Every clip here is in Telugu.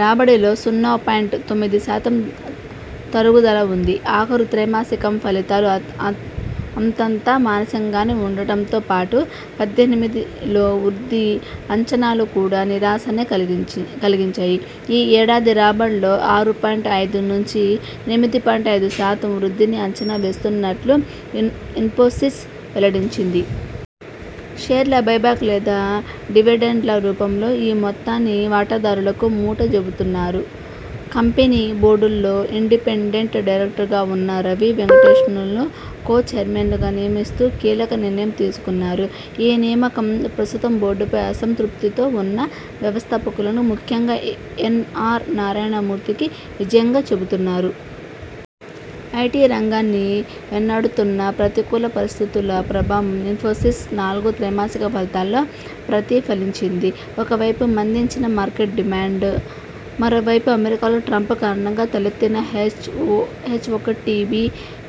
రాబడిలో సున్నా పాయింట్ తొమ్మిది శాతం తరుగుదల ఉంది. ఆఖరు త్రైమాసికం ఫలితాలు అంతంత మాత్రంగానే ఉండటంతో పాటు పద్దెనిమిదిలో వృద్ధి అంచనాలు కూడా నిరాశనే కలిగించి కలిగించాయి. ఈ ఏడాది రాబడుల్లో ఆరు పాయింట్ ఐదు నుంచి ఎనిమిది పాయింట్ ఐదు శాతం వృద్ధిని అంచనా వేస్తున్నట్టు ఇన్ఫోసిస్ వెల్లడించింది. షేర్ల బైబ్యాక్ లేదా డివిడెండ్ల రూపంలో ఈ మొత్తాన్ని వాటాదారులకుమూట జెప్పుతారు. కంపెనీ బోర్డు లో ఇండిపెండెంట్ డైరెక్టర్గా ఉన్న రవి వెంకటేషన్ను కో చైర్మన్గా నియమిస్తూ కీలక నిర్ణయం తీసుకున్నారు. ఈ నియామకం ప్రస్తుత బోర్డుపై అసంతృప్తితో ఉన్న వ్యవస్థాపకులు ముఖ్యంగా ఎన్ఆర్ నారాయణ మూర్తికి విజయంగా చెబుతున్నారు. ఐటి రంగాన్ని వెన్నాడుతున్న ప్రతికూల పరిస్థితుల ప్రభావం ఇన్ఫోసిస్ నాలుగో త్రైమాసిక ఫలితాల్లో ప్రతి ఫలించింది. ఒకవైపు మందించిన మార్కెట్ డిమాండ్, మరోవైపు అమెరికాలో ట్రంప్ కారణంగా తలెత్తిన హెచ్ఒకటిబి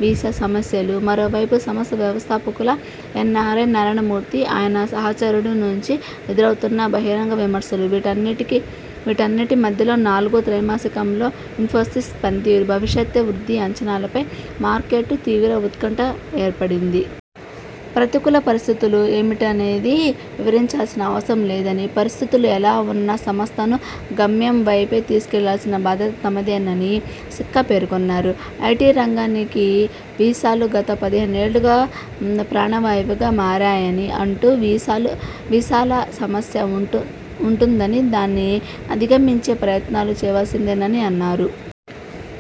వీసా సమస్యలు మరోవైపు సంస్థ వ్యవస్థాపకులు ఎన్ఆర్ నారాయణమూర్తి ఆయన సహచరుల నుంచి ఎదురవుతున్న బహిరంగ విమర్శలు వీటన్నిటికి వీటన్నింటి మధ్య నాలుగో త్రైమాసికంలో ఇన్ఫోసిస్ పనితీరు, భవిష్యత వృద్ధి అంచనాలపై మార్కెట్లో తీవ్ర ఉత్కంఠ ఏర్పడింది. ప్రతికూల పరిస్థితులు ఏమిటనేది వివరించాల్సిన అవసరం లేదనీ, పరిస్థితులు ఎలా ఉన్నా సంస్థను గమ్యం వైపే తీసుకెళ్లాల్సిన బాధ్యత తమదేనని సిక్కా పేర్కొన్నారు. ఐటి రంగానికి వీసాలు గత పదిహేనేళ్లుగా ప్రాణవాయువుగా మారాయని అంటూ, వీసాలు వీసాల సమస్య ఉంటు ఉంటుందనీ, దాన్ని అధిగమించే ప్రయత్నాలు చేయాల్సిందేనని అన్నారు.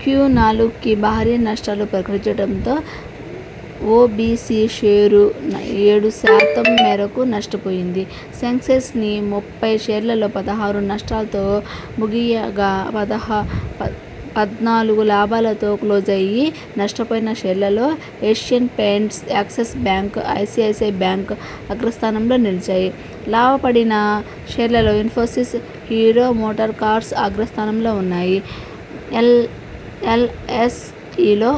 క్యూ నాలుగుకి భారీ నస్టాలు ప్రకటించడంతో ఒబిసి షేరు ఏడు శాతం మేరకు నష్టపోయింది. సెన్సెక్స ని ముప్పై షేర్లలో పదహారు నష్టాలతో ముగియగా పద పద్నాలుగు లాభాలతో క్లోజయ్యాయి. నష్టపోయిన షేర్లలో Asian Paints, Axis Bank, ICICI Bank అగ్రస్థానంలో నిలిచాయి. లాభపడిన షేర్లలో ఇన్ఫోసిస్ హీరో మోటో కార్స్ అగ్రస్థానంలో ఉన్నాయి. ఎల్ ఎల్ఎస్ఇలో